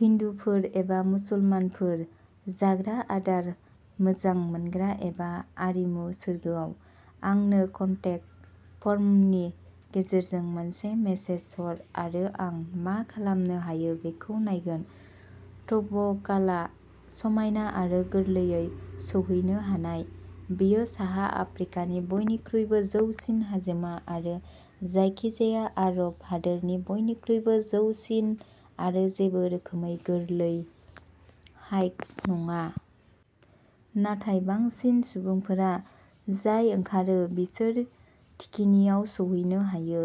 हिन्दुफोर एबा मुसलमानफोर, जाग्रा आदार मोजां मोनग्रा एबा आरिमु सोरगोआव? आंनो कन्टेक फर्मनि गेजेरजों मोनसे मेसेज हर आरो आं मा खालामनो हायो बेखौ नायगोन। तौबकालआ समायना आरो गोरलैयै सौहैनो हानाय। बेयो साहा आफ्रिकानि बयनिख्रुइबो जौसिन हाजोमा आरो जायखिजाया आरब हादोरनि बयनिख्रुइबो जौसिन आरो जेबो रोखोमै गोरलै हाइक नङा। नाथाय बांसिन सुबुंफोरा जाय ओंखारो बिसोर थिखिनियाव सौहैनो हायो।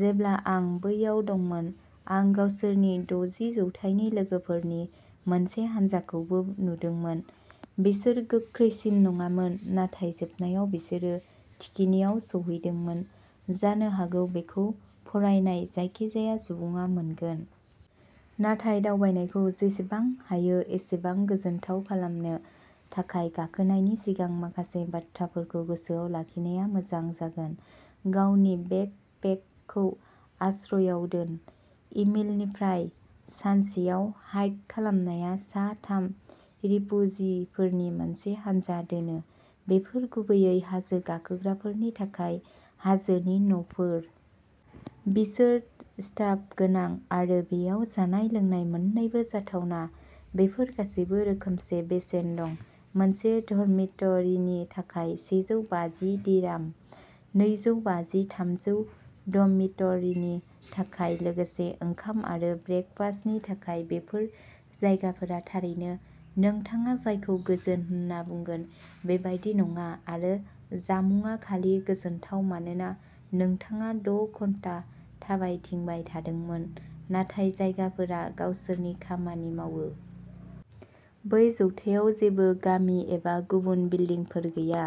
जेब्ला आं बैयाव दंमोन, आं गावसोरनि दजि जौथायनि लोगोफोरनि मोनसे हानजाखौबो नुदोंमोन। बिसोर गोख्रैसिन नङामोन, नाथाय जोबनायाव बिसोरो थिखिनियाव सौहैदोंमोन। जानो हागौ बेखौ फरायनाय जायखिजाया सुबुङा मोनगोन। नाथाय दावबायनायखौ जेसेबां हायो एसेबां गोजोनथाव खालामनो थाखाय गाखोनायनि सिगां माखासे बाथ्राफोरखौ गोसोआव लाखिनाया मोजां जागोन। गावनि बेकपेकखौ आश्रयआव दोन। इमिलनिफ्राय सानसेआव हाइक खालामनाया सा थाम रिफुजिफोरनि मोनसे हानजा दोनो। बेफोर गुबैयै हाजो गाखोग्राफोरनि थाखाय हाजोनि न'फोर। बिसोर स्टाफ गोनां। आरो बेयाव जानाय-लोंनाय मोननैबो जाथावना। बेफोर गासैबो रोखोमसे बेसेन दं। मोनसे डर्मिटरिनि थाखाय सेजौ बाजि दिराम। नैजौ बाजि-थामजौ डर्मिटरिनि थाखाय लोगोसे ओंखाम आरो ब्रेकफास्टनि थाखाय। बेफोर जायगाफोरा थारैनो नोंथाङा जायखौ गोजोन होनना बुंगोन बेबादि नङा आरो जामुंआ खालि गोजोनथाव मानोना नोंथाङा द' घन्टा थाबायथिंबाय थादोंमोन, नाथाय जायगाफोरा गावसोरनि खामानि मावो। बै जौथायाव जेबो गामि एबा गुबुन बिल्डिंफोर गैया,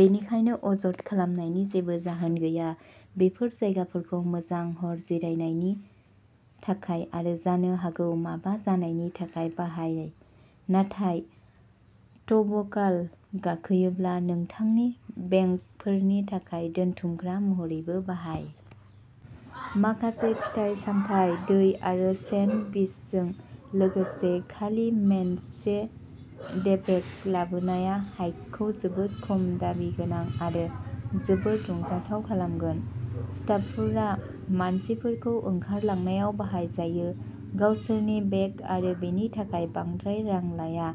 बेनिखायनो अजद खालामनायनि जेबो जाहोन गैया। बेफोर जायगाफोरखौ मोजां हर जिरायनायनि थाखाय आरो जानो हागौ माबा जानायनि थाखाय बाहाय, नाथाय तौबकाल गाखोयोब्ला नोंथांनि बेगफोरनि थाखाय दोनथुमग्रा महरैबो बाहाय। माखासे फिथाइ-सामथाइ, दै आरो सेन्डविचजों लोगोसे खालि मोनसे डेपेक लाबोनाया हाइकखौ जोबोद खम दाबि गोनां आरो जोबोद रंजाथाव खालामगोन। स्टाफफोरा मानसिफोरखौ ओंखारलांनायाव बाहायजायो। गावसोरनि बेग आरो बेनि थाखाय बांद्राय रां लाया।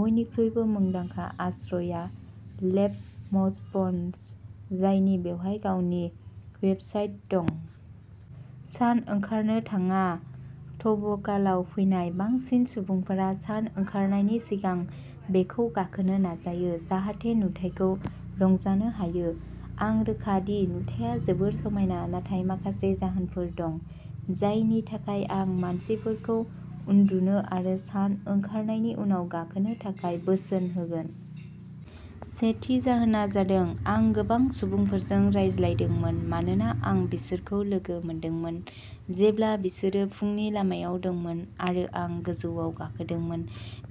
बयनिख्रुइबो मुंदांखा आश्रयआ लेस मौफ्लन्स, जायनि बेवहाय गावनि वेबसाइट दं। सान ओंखारनो थाङा। तौबकालाव फैनाय बांसिन सुबुंफोरा सान ओंखारनायनि सिगां बेखौ गाखोनो नाजायो, जाहाथे नुथायखौ रंजानो हायो। आं रोखा दि नुथाया जोबोद समायना, नाथाय माखासे जाहोनफोर दं जायनि थाखाय आं मानसिफोरखौ उन्दुनो आरो सान ओंखारनायनि उनाव गाखोनो थाखाय बोसोन होगोन। सेथि जाहोना जादों आं गोबां सुबुंफोरजों रायज्लायदोंमोन मानोना आं बिसोरखौ लोगो मोनदोंमोन जेब्ला बिसोरो फुंनि लामायाव दंमोन आरो आं गोजौआव गाखोदोंमोन,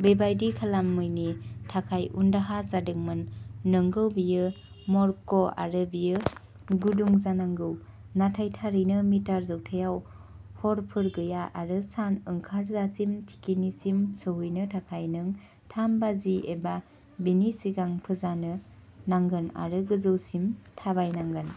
बेबादि खालामैनि थाखाय उनदाहा जादोंमोन। नंगौ, बेयो मरक्क'आरो बेयो गुदुं जानांगौ, नाथाय थारैनो मिटार जौथायाव हरफोर गैया आरो सान ओंखारजासिम थिखिनिसिम सौहैनो थाखाय नों थाम बाजि एबा बिनि सिगां फोजानो नांगोन आरो गोजौसिम थाबायनांगोन।